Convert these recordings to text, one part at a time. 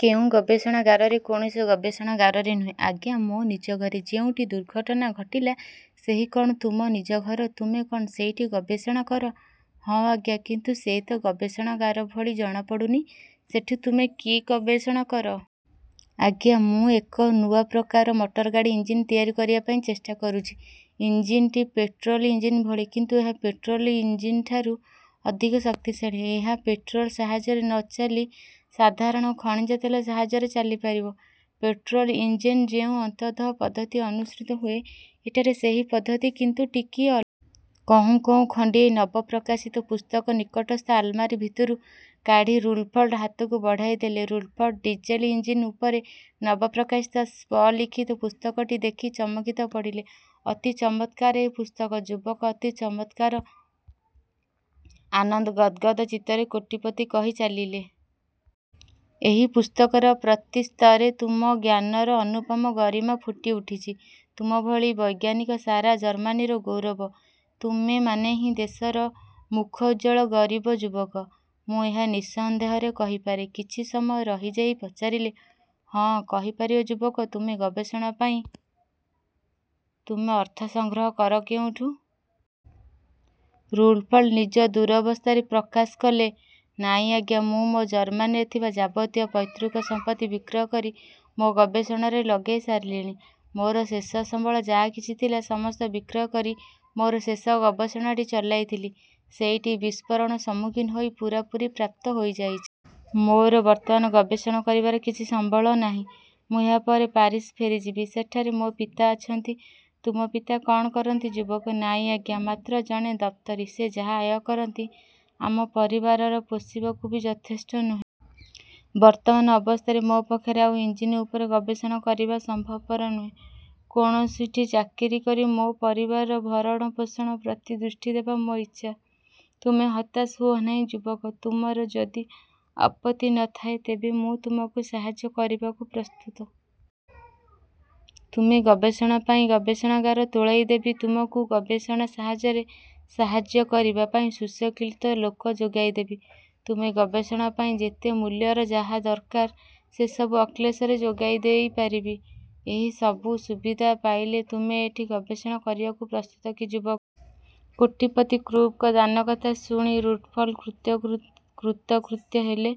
କେଉଁ ଗବେଷଣାଗାରରେ? କୌଣସି ଗବେଷଣାଗାରରେ ନୁହେଁ ଆଜ୍ଞା, ମୋ ନିଜ ଘରେ। ଯେଉଁଠି ଦୁର୍ଘଟନା ଘଟିଲା, ସେହି କ'ଣ ତୁମ ନିଜ ଘର? ତୁମେ କ'ଣ ସେଇଠି ଗବେଷଣ। କର? ହଁ ଆଜ୍ଞା କିନ୍ତୁ ସେ ତ ଗବେଷଣାଗର ଭଳି ଜଣା ପଡ଼ୁନି? ସେଠି ତୁମେ କି ଗବେଷଣା କର? ଆଜ୍ଞା, ମୁଁ ଏକ ନୂଆ ପ୍ରକାର ମଟରଗାଡ଼ି ଇଞ୍ଜିନ୍ ତିଆରି କରିବା ପାଇଁ ଚେଷ୍ଟା କରୁଛି। ଇଞ୍ଜିନଟି ପେଟ୍ରୋଲ ଇଞ୍ଜିନ୍ ଭଳି। କିନ୍ତୁ ଏହା ପେଟ୍ରୋଲ ଇଞ୍ଜିନ୍ଠାରୁ ଅଧିକ ଶକ୍ତିଶଳୀ। ଏହା ପେଟ୍ରୋଲ ସାହାଯ୍ୟରେ ନ ଚାଲି ସାଧାରଣ ଖଣିଜ ତେଲ ସାହାଯ୍ୟରେ ଚାଲିପାରିବ। ପେଟ୍ରୋଲ ଇଞ୍ଜିନ ଯେଉଁ ଅନ୍ତର୍ଦହ ପଦ୍ଧତି ଅନୁସୃତ ହୁଏ ଏଠାରେ ସେହି ପଦ୍ଧତି କିନ୍ତୁ ଟିକିଏ ଅଲଗା। କହୁଁ କହୁଁ ଖଣ୍ଡିଏ ନବ ପ୍ରକାଶିତ ପୁସ୍ତକ ନିକଟସ୍ଥ ଆଲମାରୀ ଭିତରୁ କାଢ଼ି ରୁଡ଼ଲ୍ଫଙ୍କ ହାତକୁ ବଢ଼ାଇଦେଲେ। ରୁଡ଼ଲଫ ଡିଜେଲ ଇଞ୍ଜିନ୍ ଉପରେ ନବ ପ୍ରକାଶିତ ସ୍ୱଲିଖିତ ପୁସ୍ତକଟି ଦେଖି ଚମକି ପଡ଼ିଲେ। ଅତି ଚମତ୍କାର ଏ ପୁସ୍ତକ ଯୁବକ ଅତି ଚମତ୍କାର ଆନନ୍ଦ ଗଦ୍ଗଦ୍ ଚିତ୍ତରେ କୋଟିପତି କହି ଚାଲିଲେ। ଏହି ପୁସ୍ତକର ପ୍ରତି ସ୍ତରେ ତୁମ ଜ୍ଞାନର ଅନୁପମ ଗରିମା ଫୁଟି ଉଠୁଛି । ତୁମଭଳି ବୈଜ୍ଞାନିକ ସାରା ଜର୍ମାନୀର ଗୌରବ, ତୁମେମାନେହିଁ ଦେଶର ମୁଖୋଜ୍ଜ୍ୱଳ ଗରିବ ଯୁବକ, ମୁଁ ଏହା ନିଃସନ୍ଦେହରେ କହିପାରେ। କିଛି ସମୟ ରହି ଯାଇ ପଚାରିଲେ। ହଁ, କହିପାରିବ ଯୁବକ, ତୁମ ଗବେଷଣା ପାଇଁ ତୁମେ ଅର୍ଥ ସଂଗ୍ରହ କର କେଉଁଠୁ? ରୁଡ଼ଲ୍ଫ ନିଜ ଦୂରବସ୍ଥା ପ୍ରକାଶ କଲେ, ନାଇଁ ଆଜ୍ଞା, ମୁଁ ମୋର ଜର୍ମ୍ମାନୀରେ ଥିବା ଯାବତୀୟ ପୈତୃକ ସମ୍ପତ୍ତି ବିକ୍ରୟକରି ମୋ ଗବେଷଣାରେ ଲଗାଇ ସାରିଲିଣି। ମୋର ଶେଷ ସମ୍ବଳ ଯା କିଛି ଥିଲା, ସମସ୍ତ ବିକ୍ରୟ କରି ମୋର ଶେଷ ଗବେଷଣାଟି ଚଳାଇଥିଲି। ସେଇଟି ବିସ୍ଫୋରଣ ସମ୍ମୁଖୀନ ହୋଇ ପୂରାପୂରି ପ୍ରାପ୍ତ ହୋଇଯାଇଛି। ମୋର ବର୍ତ୍ତମାନ ଗବେଷଣା କରିବାର କିଛି ସମ୍ବଳ ନାହିଁ। ମୁଁ ଏହାପରେ ପାରିସ୍ ଫେରିଯିବି। ସେଠାରେ ମୋ ପିତା ଅଛନ୍ତି। ତୁମ ପିତା କ'ଣ କରନ୍ତି ଯୁବକ? ନାଇଁ ଆଜ୍ଞା, ମାତ୍ର ଜଣେ ଦପ୍ତରୀ ସେ ଯାହା ଆୟ କରନ୍ତି, ଆମ ପରିବାରର ପୋଷିବାକୁ ବି ଯଥେଷ୍ଟ ନୁହେଁ। ବର୍ତ୍ତମାନ ଅବସ୍ଥାରେ ମୋ ପକ୍ଷରେ ଆଉ ଇନ୍ଜିନ୍ ଉପରେ ଗବେଷଣା କରିବା ସମ୍ଭବପର ନୁହେଁ। କୌଣସିଟି ଚାକିରି କରି ମୋ ପରିବାରର ଭରଣପୋଷଣ ପ୍ରିତ ଦୃଷ୍ଟି ଦେବା ମୋ ଇଚ୍ଛା। ତୁମେ ହତାଶ ହୁଅ ନାହିଁ ଯୁବକ। ତୁମର ଯଦି ଆପତ୍ତି ନ ଥାଏ ତେବେ ମୁଁ ତୁମକୁ ସାହାଯ୍ୟ କରିବାକୁ ପ୍ରସ୍ତୁତ। ତୁମ ଗବେଷଣା ପାଇଁ ଗବେଷଣାଗାର ତୋଳାଇ ଦେବି ତୁମକୁ ତୁମ ଗବେଷଣାରେ ସାହାଯ୍ୟ କରିବା ପାଇଁ ସୁଶିକ୍ଷିତ ଲୋକ ଯୋଗାଇ ଦେବି। ତୁମ ଗବେଷଣା ପାଇଁ ଯେତେ ମୂଲ୍ୟର ଯାହା ଦରକାର ସେସବୁ ଅକ୍ଳେଶର ଯୋଗାଇ ଦେଇ ପାରିବି। ଏହି ସବୁ ସୁବିଧା ପାଇଲେ ତୁମେ ଏଠି ଗବେଷଣା କରିବାକୁ ପ୍ରସ୍ତୁତ କି ଯୁବକ? କୋଟିପତି କ୍ରୁପ୍ସଙ୍କ ଦାନକଥା ଶୁଣି ରୁଡ଼ଲ୍ଫ କୃତକୃତ୍ୟ ହେଲେ।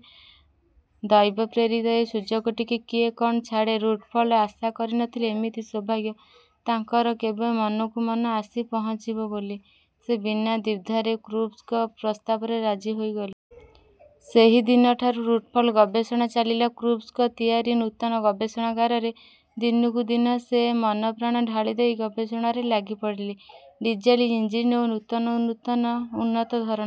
ଦୈବପ୍ରେରିତ ଏ ସୁଯୋଗଟିକୁ କିଏ କ'ଣ ଛାଡ଼େ? ରୁଡ଼ଲ୍ଫ ଆଶା କରି ନଥିଲେ ଏମିତି ସୌଭାଗ୍ୟ ତାଙ୍କର କେବେ ମନକୁ ମନ ଆସି ପହଞ୍ଚିବ ବୋଲି। ସେ ବିନା ଦ୍ୱିଧାରେ କ୍ରୁପ୍ସଙ୍କ ପ୍ରସ୍ତାବରେ ରାଜି ହୋଇଗଲେ। ସେହିଦିନଠାରୁ ରୁଡ଼ଲ୍ଫଙ୍କ ଗବେଷଣା ଚାଲିଲା କ୍ରୁପ୍ସଙ୍କ ତିଆରି ନୂତନ ଗବେଷଣାଗାରରେ। ଦିନକୁଦିନ ସେ ମନଃପ୍ରାଣ ଢାଳି ଦେଇ ଗବେଷଣାରେ ଲାଗି ପଡ଼ିଲେ। ଡିଜେଲ ଇଞ୍ଜିନ୍ର ନୂତନ ନୂତନ ଓ ଉନ୍ନତ ଧରଣ